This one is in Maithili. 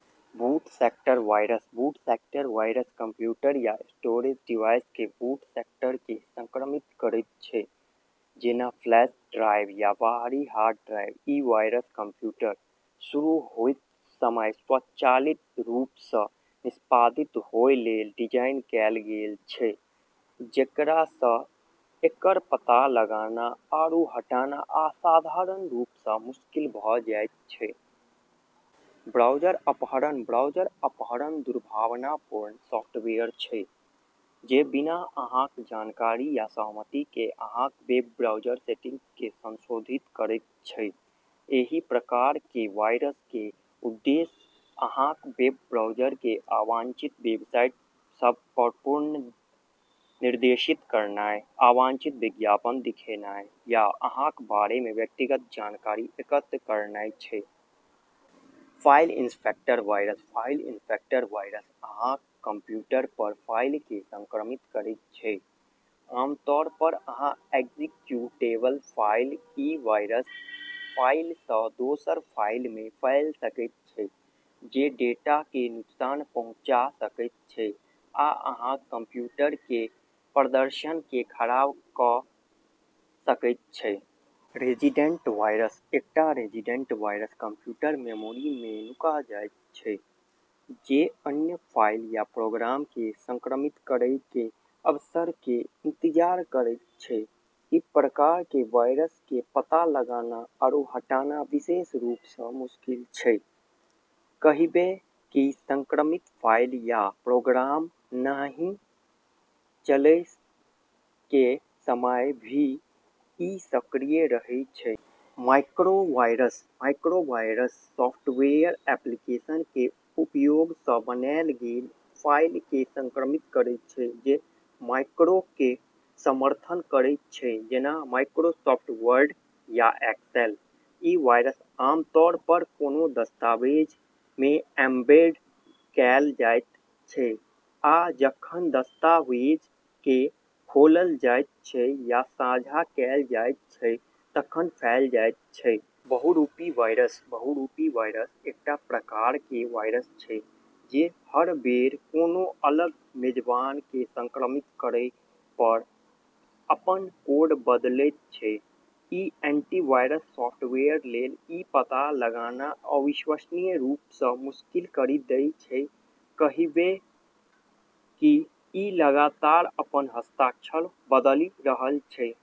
बूट sector virus: boot sector virus computer या स्टोरेज डिवाइस के बूट सेक्टर केँ संक्रमित करैत छै, जेना फ्लैश ड्राइव या बाहरी हार्ड ड्राइव। ई वायरस कंप्यूटर शुरू होएत समय स्वचालित रूप सँ निष्पादित होए लेल डिजाइन कएल गेल छै, जेकरा सँ एकर पता लगाना आरू हटाना असाधारण रूप सँ मुश्किल भ' जाइत छै। ब्राउज़र अपहरण: ब्राउज़र अपहरण दुर्भावनापूर्ण सॉफ्टवेयर छै जे बिना अहाँक जानकारी या सहमति केँ अहाँक वेब ब्राउज़र सेटिंग्स केँ संशोधित करैत छै। एहि प्रकार केर वायरस केर उद्देश्य अहाँक वेब ब्राउज़र केँ अवांछित वेबसाइट सभ पर पुनर्निर्देशित करनाय, अवांछित विज्ञापन दिखानाय, या अहाँक बारे मे व्यक्तिगत जानकारी एकत्र कयनाय छै। File infector virus: file infector virus अहाँक कंप्यूटर पर फाइल केँ संक्रमित करैत छै, आमतौर पर एक्जीक्यूटेबल फाइल। ई वायरस फाइल सँ दोसर फाइल मे फैल सकैत छै, जे डेटा केँ नुकसान पहुँचा सकैत छै आ अहाँक कंप्यूटर केर प्रदर्शन केँ खराब कऽ सकैत छै। रेजिडेंट वायरस: एकटा रेजिडेंट वायरस कंप्यूटर मेमोरी मे नुका जाइत छै, जे अन्य फाइल या प्रोग्राम केँ संक्रमित करै केर अवसर केर इंतजार करैत छै। ई प्रकार केर वायरस केर पता लगाना आरू हटाना विशेष रूप सँ मुश्किल छै, कहिबे कि संक्रमित फाइल या प्रोग्राम नहि चलै के समय भी ई सक्रिय रहै छै। Macro virus: macro virus software application केर उपयोग सँ बनाएल गेल फाइल केँ संक्रमित करैत छै जे मैक्रो केँ समर्थन करैत छै, जेना माइक्रोसॉफ्ट वर्ड या एक्सेल। ई वायरस आमतौर पर कोनो दस्तावेज मे एम्बेड कएल जाइत छै आ जखन दस्तावेज केँ खोलल जाइत छै या साझा कएल जाइत छै तखन फैल जाइत छै। बहुरूपी वायरस: बहुरूपी वायरस एकटा प्रकार केर वायरस छै जे हर बेर कोनो अलग मेजबान केँ संक्रमित करय पर अपन कोड बदलैत छै। ई एंटीवायरस सॉफ्टवेयर लेल ई पता लगाना अविश्वसनीय रूप सँ मुश्किल करि दै छै, कहिबे कि ई लगातार अपन हस्ताक्षर बदलि रहल छै।